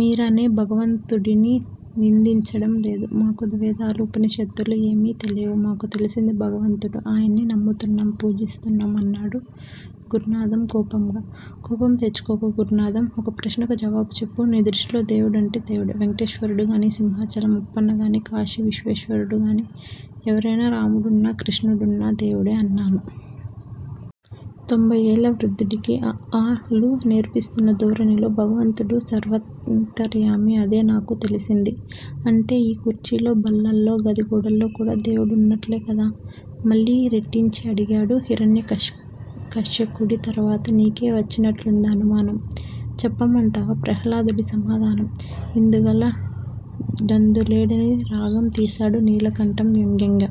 మీరనే భగవంతుడినీ నిందించడం లేదు. మాకు వేదాలు, ఉపనిషత్తులు ఏమీ తెలియవు. మాకు తెలిసింది భగవంతుడు. ఆయన్ని నమ్ముతున్నాం, పూజిస్తున్నాం అన్నాడు గుర్నాధం కోపంగా. కోపం తెచ్చుకోకు గుర్నాధం. ఒక్క ప్రశ్నకు జవాబు చెప్పు. నీ దృష్టిలో దేవుడంటే దేవుడే. వేంకటేశ్వరుడు గానీ, సింహాచలం అప్పన్న గానీ, కాశీ విశ్వేశ్వరుడు గానీ ఎవరయినా రాముడన్నా, కృష్ణుడన్నా దేవుడే అన్నాను. తొంభయ్యేళ్ళ వృద్ధుడికి అ ఆ లు నేర్పిస్తున్న ధోరణిలో. భగవంతుడు సర్వాంతార్యామి. అదే నాకు తెలిసింది. అంటే ఈ కుర్చీల్లో, బల్లల్లో, గది గోడల్లో కూడా దేముడున్నట్లే కదా? మళ్ళీ రెట్టించి అడిగాను. హిరణ్యకశ్యకుడి తర్వాత నీకే వచ్చినట్లుందా అనుమానం. చెప్పమంటావా ప్రహ్లాదుడి సమాధానం? ఇందుగల డందులేడని రాగం తీశాడు నీలకంఠం వ్యంగ్యంగా.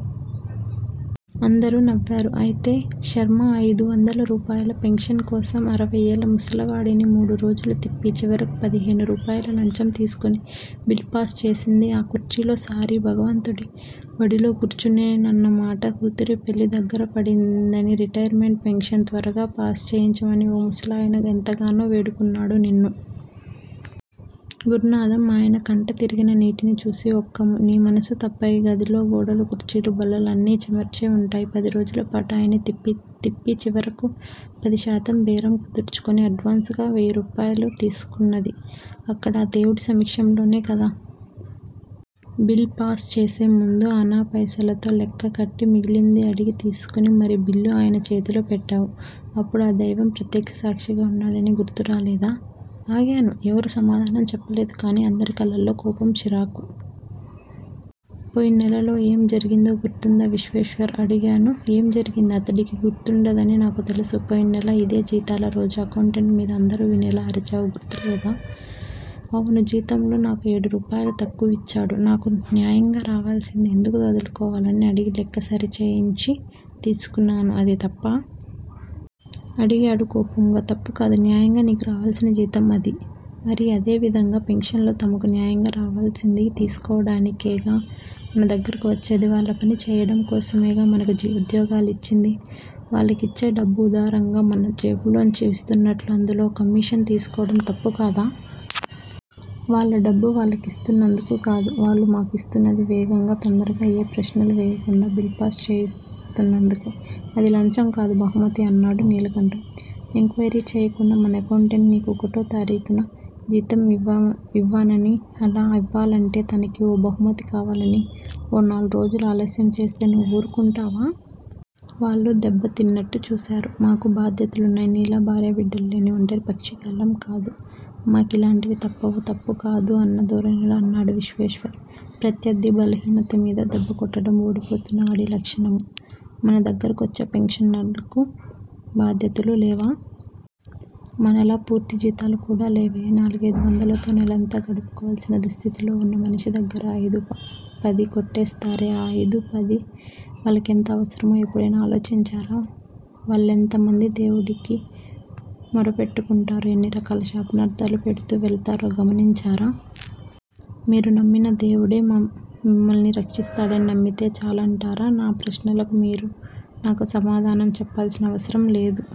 అందరూ నవ్వారు. అయితే శర్మా! అయిదు వందల రూపాయల పెన్షన్ కోసం అరవయ్యేళ్ళ ముసలావిడని మూడు రోజులు తిప్పి, చివరకు పదిహేను రూపాయల లంచం తీసుకుని బిల్ పాస్ చేసింది ఆ కుర్చీలో సారీ భగవంతుడి వడిలో కూర్చునేనన్నమాట. కూతురి పెళ్ళి దగ్గరపడిందని రిటైర్ మెంట్ పెన్షన్ త్వరగా పాస్ చేయించమని ఓ ముసలాయన ఎంతగానో వేడుకున్నాడు నిన్ను. గుర్నాధం! ఆయన కంట తిరిగిన నీటిని చూసి ఒక్క నీ మనసు తప్ప ఈ గదిలో గోడలు, కుర్చీలు, బల్లలూ అన్నీ చెమర్చే వుంటాయి. పది రోజులపాటు ఆయన్ని తిప్పి చివరకు పది శాతం బేరం కుదుర్చుకుని అడ్వాన్స్ గా వెయ్యిరూపాయలు తీసుకున్నది అక్కడ ఆ దేవుడి సమక్షంలోనే కదా! బిల్ పాస్ చేసే ముందు అణా పైసలతో లెక్క కట్టి మిగిలింది అడిగి తీసుకుని మరీ బిల్లు ఆయన చేతిలో పెట్టావు. అప్పుడు ఆ దైవం ప్రత్యక్ష సాక్షిగా ఉన్నాడని గుర్తు రాలేదా? ఆగాను. ఎవరూ సమాధానం చెప్పలేదు కానీ అందరి కళ్ళలో కోపం చిరాకు. పోయిన్నెలలో ఏం జరిగిందో గుర్తుందా విశ్వేశ్వర్? అడిగాను. ఏం జరిగింది? అతడికి గుర్తుండదని నాకు తెలుసు. పోయిన్నెల ఇదే జీతాల రోజు అక్కౌంటెంట్ మీద అందరూ వినేలా అరిచావు గుర్తు లేదూ? అవును జీతంలో నాకు ఏడు రూపాయలు తక్కువిచ్చాడు. నాకు న్యాయంగా రావలసింది ఎందుకు వదులుకోవాలని అడిగి లెక్క సరిచేయించి తీసుకున్నాను అది తప్పా? అడిగాడు కోపంగా. తప్పుకాదు. న్యాయంగా నీకు రావలసిన జీతం అది. మరి అదే విధంగా పెన్షనర్లు తమకు న్యాయంగా రావలసింది తీసుకోవడానికేగా మన దగ్గరకు వచ్చేది? వాళ్ళ పని చేయటం కోసమేగా మనకు ఉద్యోగాలిచ్చింది? వాళ్ళకిచ్చే డబ్బు ఉదారంగా మన జేబుల్లోంచి ఇస్తున్నట్లు అందులో కమీషన్ తీసుకోవడం తప్పు కాదా? వాళ్ళ డబ్బు వాళ్ళకిస్తున్నందుకు కాదు వాళ్ళు మాకు యిస్తున్నది. వేగంగా, తొందరగా, ఏ ప్రశ్నలూ వేయకుండా బిల్ పాస్ చేస్తున్నందుకు. అది 'లంచం' కాదు. 'బహుమతి' అన్నాడు నీలకంఠం. ఎంక్వయిరీ చేయకుండా మన అకౌంటెంట్ నీకు ఒకటో తారీఖున జీతం యివ్వననీ, అలా ఇవ్వాలంటే తనకీ ఓ 'బహుమతి' కావాలనీ ఓ నాల్రోజులు ఆలస్యం చేస్తే నువ్వు వూరుకుంటావా? వాళ్ళు దెబ్బతిన్నట్టు చూశారు. మాకు బాధ్యతలున్నాయి. నీలా భార్యాబిడ్డలు లేని ఒంటరి పక్షిగాళ్ళం కాదు. మా కిలాంటివి తప్పవు. తప్పు కాదు అన్న ధోరణిలో అన్నాడు విశ్వేశ్వర్. ప్రత్యర్ధి బలహీనత మీద దెబ్బ కొట్టడం ఓడిపోతున్న వాడి లక్షణము. మన దగ్గరకొచ్చే పెన్షనర్లకు బాధ్యతలు లేవా? మనలా పూర్తి జీతాలు కూడా లేవే. నాలుగయిదు వందలతో నేలంతా గడుపుకోవాల్సిన దుస్థితిలో వున్న మనిషి దగ్గర అయిదూ, పదీ కొట్టేస్తారే. ఆ అయిదూ, పదే వాళ్ళకెంత అవసరమో ఎప్పుడైనా ఆలోచించారా? వాళ్ళెంత మంది దేవుడికి మొర పెట్టుకుంటారో ఎన్ని రకాల శాపనార్ధాలు పెడుతూ వెళతారో గమనించారా? మీరు నమ్మిన దేవుడు మిమ్మల్ని రక్షిస్తాడని నమ్మితే చాలంటారా? నా ప్రశ్నలకు మీరు నాకు సమాధానం చెప్పాల్సినవసరం లేదు.